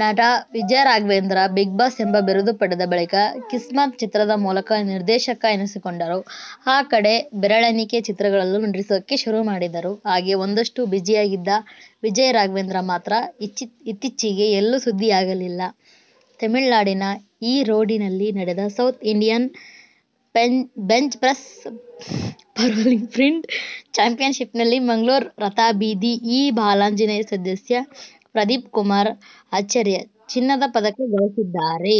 ನಟ ವಿಜಯರಾಘವೇಂದ್ರ "ಬಿಗ್ಬಾಸ್' ಎಂಬ ಬಿರುದು ಪಡೆದ ಬಳಿಕ "ಕಿಸ್ಮತ್' ಚಿತ್ರದ ಮೂಲಕ ನಿರ್ದೇಶಕ ಎನಿಸಿಕೊಂಡರು. ಆ ಕಡೆ ಬೆರಳೆಣಿಕೆ ಚಿತ್ರಗಳಲ್ಲೂ ನಟಿಸೋಕೆ ಶುರುಮಾಡಿದರು. ಹಾಗೇ ಒಂದಷ್ಟು ಬಿಜಿಯಾಗಿದ್ದ ವಿಜಯರಾಘವೇಂದ್ರ ಮಾತ್ರ ಇತ್ತೀಚೆಗೆ ಎಲ್ಲೂ ಸುದ್ದಿಯಾಗಿಲ್ಲ. ತಮಿಳುನಾಡಿನ ಈರೋಡಿನಲ್ಲಿ ನಡೆದ ಸೌತ್ ಇಂಡಿಯನ್ ಬೆಂಚ್ಪ್ರಸ್ ಪವರ್ಲಿಫ್ಟಿಂಗ್ ಚಾಂಪಿಯನ್ಶಿಪ್ನಲ್ಲಿ ಮಂಗಳೂರು ರಥಬೀದಿ ಶ್ರೀ ಬಾಲಾಂಜನೇಯ ಸದಸ್ಯ ಪ್ರದೀಪ್ಕುಮಾರ್ ಆಚಾರ್ಯ ಚಿನ್ನದ ಪದಕ ಗಳಿಸಿದ್ದಾರೆ.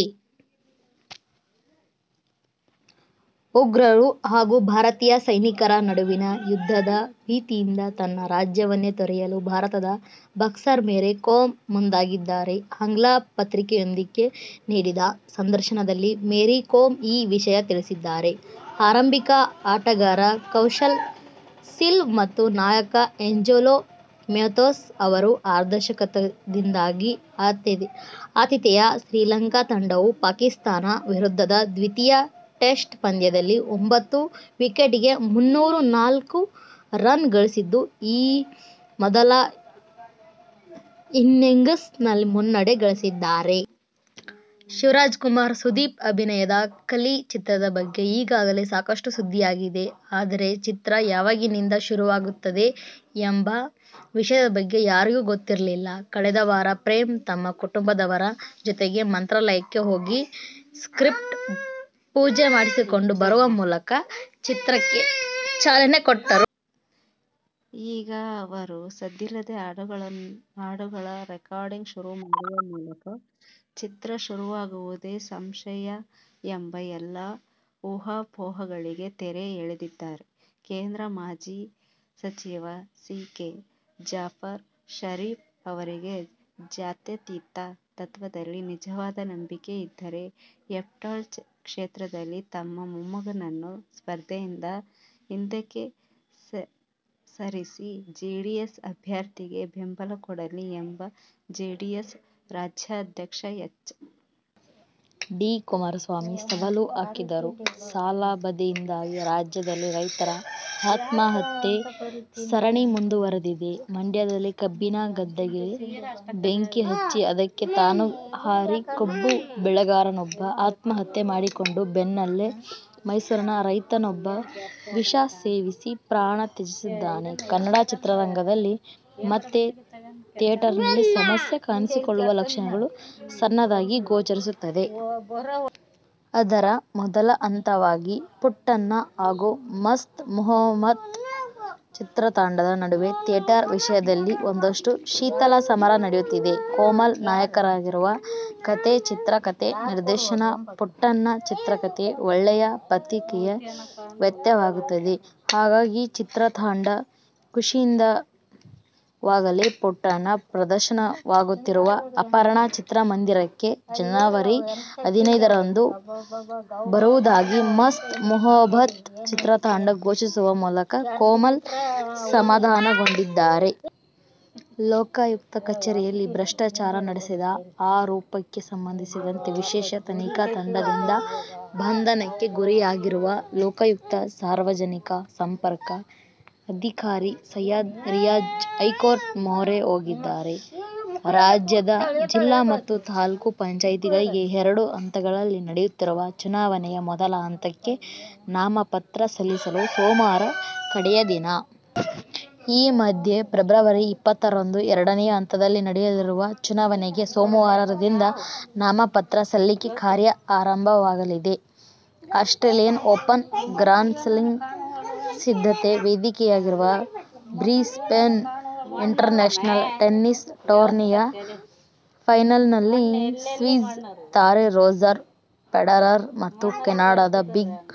ಉಗ್ರರು ಹಾಗೂ ಭಾರತೀಯ ಸೈನಿಕರ ನಡುವಿನ ಯುದ್ಧದ ಭೀತಿಯಿಂದ ತನ್ನ ರಾಜ್ಯವನ್ನೇ ತೊರೆಯಲು ಭಾರತದ ಬಾಕ್ಸರ್ ಮೇರಿ ಕೋಮ್ ಮುಂದಾಗಿದ್ದಾರೆ. ಆಂಗ್ಲ ಪತ್ರಿಕೆಯೊಂದಕ್ಕೆ ನೀಡಿದ ಸಂದರ್ಶನದಲ್ಲಿ ಮೇರಿ ಕೋಮ್ ಈ ವಿಷಯ ತಿಳಿಸಿದ್ದಾರೆ. ಆರಂಭಿಕ ಆಟಗಾರ ಕೌಶಲ್ ಸಿಲ್ವ ಮತ್ತು ನಾಯಕ ಏಂಜೆಲೊ ಮ್ಯಾಥ್ಯೂಸ್ ಅವರ ಅರ್ಧಶತಕದಿಂದಾಗಿ ಆತಿಥೇಯ ಶ್ರೀಲಂಕಾ ತಂಡವು ಪಾಕಿಸ್ಥಾನ ವಿರುದ್ಧದ ದ್ವಿತೀಯ ಟೆಸ್ಟ್ ಪಂದ್ಯದಲ್ಲಿ ಒಂಬತ್ತು ವಿಕೆಟಿಗೆ ಮುನ್ನೂರ ನಾಲ್ಕು ರನ್ ಗಳಿಸಿದ್ದು ಮೊದಲ ಇನ್ನಿಂಗ್ಸ್ ನಲ್ಲಿ ಮುನ್ನಡೆ ಗಳಿಸಿದೆ. ಶಿವರಾಜಕುಮಾರ್-ಸುದೀಪ್ ಅಭಿನಯದ "ಕಲಿ' ಚಿತ್ರದ ಬಗ್ಗೆ ಈಗಾಗಲೇ ಸಾಕಷ್ಟು ಸುದ್ದಿಯಾಗಿದೆ. ಆದರೆ, ಚಿತ್ರ ಯಾವಾಗಿನಿಂದ ಶುರುವಾಗುತ್ತದೆ ಎಂಬ ವಿಷಯದ ಬಗ್ಗೆ ಯಾರಿಗೂ ಗೊತ್ತಿರಲಿಲ್ಲ. ಕಳೆದ ವಾರ ಪ್ರೇಮ್ ತಮ್ಮ ಕುಟುಂಬದವರ ಜೊತೆಗೆ ಮಂತ್ರಾಲಯಕ್ಕೆ ಹೋಗಿ ಸ್ಕ್ರಿಪ್ಟ್ ಪೂಜೆ ಮಾಡಿಸಿಕೊಂಡು ಬರುವ ಮೂಲಕ ಚಿತ್ರಕ್ಕೆ ಚಾಲನೆ ಕೊಟ್ಟಿದ್ದರು. ಈಗ ಅವರು ಸದ್ದಿಲ್ಲದೆ ಹಾಡುಗಳ ರೆಕಾರ್ಡಿಂಗ್ ಶುರು ಮಾಡುವ ಮೂಲಕ, ಚಿತ್ರ ಶುರುವಾಗುವುದೇ ಸಂಶಯ ಎಂಬ ಎಲ್ಲಾ ಊಹಾಪೋಹಗಳಿಗೆ ತೆರೆ ಎಳೆದಿದ್ದಾರೆ. ಕೇಂದ್ರ ಮಾಜಿ ಸಚಿವ ಸಿ. ಕೆ. ಜಾಫರ್ ಷರೀಫ್ ಅವರಿಗೆ ಜಾತ್ಯತೀತ ತತ್ವದಲ್ಲಿ ನಿಜವಾದ ನಂಬಿಕೆ ಇದ್ದರೆ ಹೆಬ್ಟಾಳ ಕ್ಷೇತ್ರದಲ್ಲಿ ತಮ್ಮ ಮೊಮ್ಮಗನನ್ನು ಸ್ಪರ್ಧೆಯಿಂದ ಹಿಂದಕ್ಕೆ ಸರಿಸಿ ಜೆಡಿಎಸ್ ಅಭ್ಯರ್ಥಿಗೆ ಬೆಂಬಲಕೊಡಲಿ ಎಂದು ಜೆಡಿಎಸ್ ರಾಜ್ಯಾಧ್ಯಕ್ಷ ಎಚ್. ಡಿ. ಕುಮಾರಸ್ವಾಮಿ ಸವಾಲು ಹಾಕಿದರು. ಸಾಲಬಾಧೆಯಿಂದಾಗಿ ರಾಜ್ಯದಲ್ಲಿ ರೈತರ ಆತ್ಮಹತ್ಯೆ ಸರಣಿ ಮುಂದುವರೆದಿದೆ. ಮಂಡ್ಯದಲ್ಲಿ ಕಬ್ಬಿನ ಗದ್ದೆಗೆ ಬೆಂಕಿ ಹಚ್ಚಿ, ಅದಕ್ಕೆ ತಾನು ಹಾರಿ ಕಬ್ಬು ಬೆಳೆಗಾರನೊಬ್ಬ ಆತ್ಮಹತ್ಯೆ ಮಾಡಿಕೊಂಡ ಬೆನ್ನಲ್ಲೇ ಮೈಸೂರಿನ ರೈತನೊಬ್ಬ ವಿಷ ಸೇವಿಸಿ ಪ್ರಾಣ ತ್ಯಜಿಸಿದ್ದಾನೆ. ಕನ್ನಡ ಚಿತ್ರರಂಗದಲ್ಲಿ ಮತ್ತೆ ಥಿಯೇಟರ್ ಸಮಸ್ಯೆ ಕಾಣಿಸಿಕೊಳ್ಳುವ ಲಕ್ಷಣಗಳು ಸಣ್ಣದಾಗಿ ಗೋಚರಿಸುತ್ತಿದೆ. ಅದರ ಮೊದಲ ಹಂತವಾಗಿ "ಪುಟ್ಟಣ್ಣ' ಹಾಗೂ "ಮಸ್ತ್ ಮೊಹಬ್ಬತ್' ಚಿತ್ರತಂಡದ ನಡುವೆ ಥಿಯೇಟರ್ ವಿಷಯದಲ್ಲಿ ಒಂದಷ್ಟು ಶೀತಲ ಸಮರ ನಡೆಯುತ್ತಿದೆ. ಕೋಮಲ್ ನಾಯಕರಾಗಿರುವ "ಕಥೆ-ಚಿತ್ರಕಥೆ-ನಿರ್ದೇಶನ ''ಪುಟ್ಟಣ್ಣ' ಚಿತ್ರಕ್ಕೆ ಒಳ್ಳೆಯ ಪ್ರತಿಕ್ರಿಯೆ ವ್ಯಕ್ತವಾಗುತ್ತಿದೆ. ಹಾಗಾಗಿ, ಚಿತ್ರತಂಡ ಖುಷಿಯಿಂದಿರುವಾಗಲೇ "ಪುಟ್ಟಣ್ಣ' ಪ್ರದರ್ಶನವಾಗುತ್ತಿರುವ ಅಪರ್ಣಾ ಚಿತ್ರಮಂದಿರಕ್ಕೆ ಜನವರಿ ಹದಿನೈದ ರಂದು ಬರುವುದಾಗಿ "ಮಸ್ತ್ ಮೊಹಬ್ಬತ್' ಚಿತ್ರತಂಡ ಘೋಷಿಸುವ ಮೂಲಕ ಕೋಮಲ್ ಸಮಾಧಾನಗೊಂಡಿದ್ದಾರೆ. ಲೋಕಾಯುಕ್ತ ಕಚೇರಿಯಲ್ಲಿ ಭ್ರಷ್ಟಾಚಾರ ನಡೆಸಿದ ಆರೋಪಕ್ಕೆ ಸಂಬಂಧಿಸಿದಂತೆ ವಿಶೇಷ ತನಿಖಾ ತಂಡದಿಂದ ಬಂಧನಕ್ಕೆ ಗುರಿಯಾಗಿರುವ ಲೋಕಾಯುಕ್ತ ಸಾರ್ವಜನಿಕ ಸಂಪರ್ಕ ಅಧಿಕಾರಿ ಸಯ್ಯದ್ ರಿಯಾಜ್ ಹೈಕೋರ್ಟ್ ಮೊರೆ ಹೋಗಿದ್ದಾರೆ. ರಾಜ್ಯದ ಜಿಲ್ಲಾ ಮತ್ತು ತಾಲೂಕು ಪಂಚಾಯ್ತಿಗಳಿಗೆ ಎರಡು ಹಂತಗಳಲ್ಲಿ ನಡೆಯುತ್ತಿರುವ ಚುನಾವಣೆಯ ಮೊದಲ ಹಂತಕ್ಕೆ ನಾಮಪತ್ರ ಸಲ್ಲಿಸಲು ಸೋಮವಾರ ಕಡೆಯ ದಿನ. ಈ ಮಧ್ಯೆ ಫೆಬ್ರವರಿ ಇಪ್ಪತ್ತರಂದು ಎರಡನೇ ಹಂತದಲ್ಲಿ ನಡೆಯಲಿರುವ ಚುನಾವಣೆಗೆ ಸೋಮವಾರದಿಂದ ನಾಮಪತ್ರ ಸಲ್ಲಿಕೆ ಕಾರ್ಯ ಆರಂಭವಾಗಲಿದೆ. ಆಸ್ಟ್ರೇಲಿಯನ್ ಓಪನ್ ಗ್ರಾನ್ಸ್ಲಾಮ್ ಸಿದ್ಧತೆಗೆ ವೇದಿಕೆಯಾಗಿರುವ "ಬ್ರಿಸ್ಬೇನ್ ಇಂಟರ್ನ್ಯಾಶನಲ್ ಟೆನ್ನಿಸ್ ಟೂರ್ನಿ'ಯ ಫೈನಲ್ನಲ್ಲಿ ಸ್ವಿಸ್ ತಾರೆ ರೋಜರ್ ಫೆಡರರ್ ಮತ್ತು ಕೆನಡಾದ "ಬಿಗ್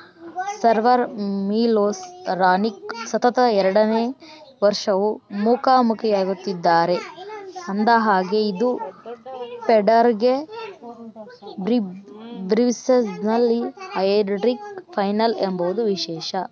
ಸರ್ವರ್' ಮಿಲೋಸ್ ರಾನಿಕ್ ಸತತ ಎರಡನೇ ವರ್ಷವೂ ಮುಖಾಮುಖೀಯಾಗುತ್ತಿದ್ದಾರೆ. ಅಂದಹಾಗೆ ಇದು ಫೆಡರರ್ಗೆ ಬ್ರಿಸ್ಬೇನ್ನಲ್ಲಿ ಹ್ಯಾಟ್ರಿಕ್ ಫೈನಲ್ ಎಂಬುದು ವಿಶೇಷ.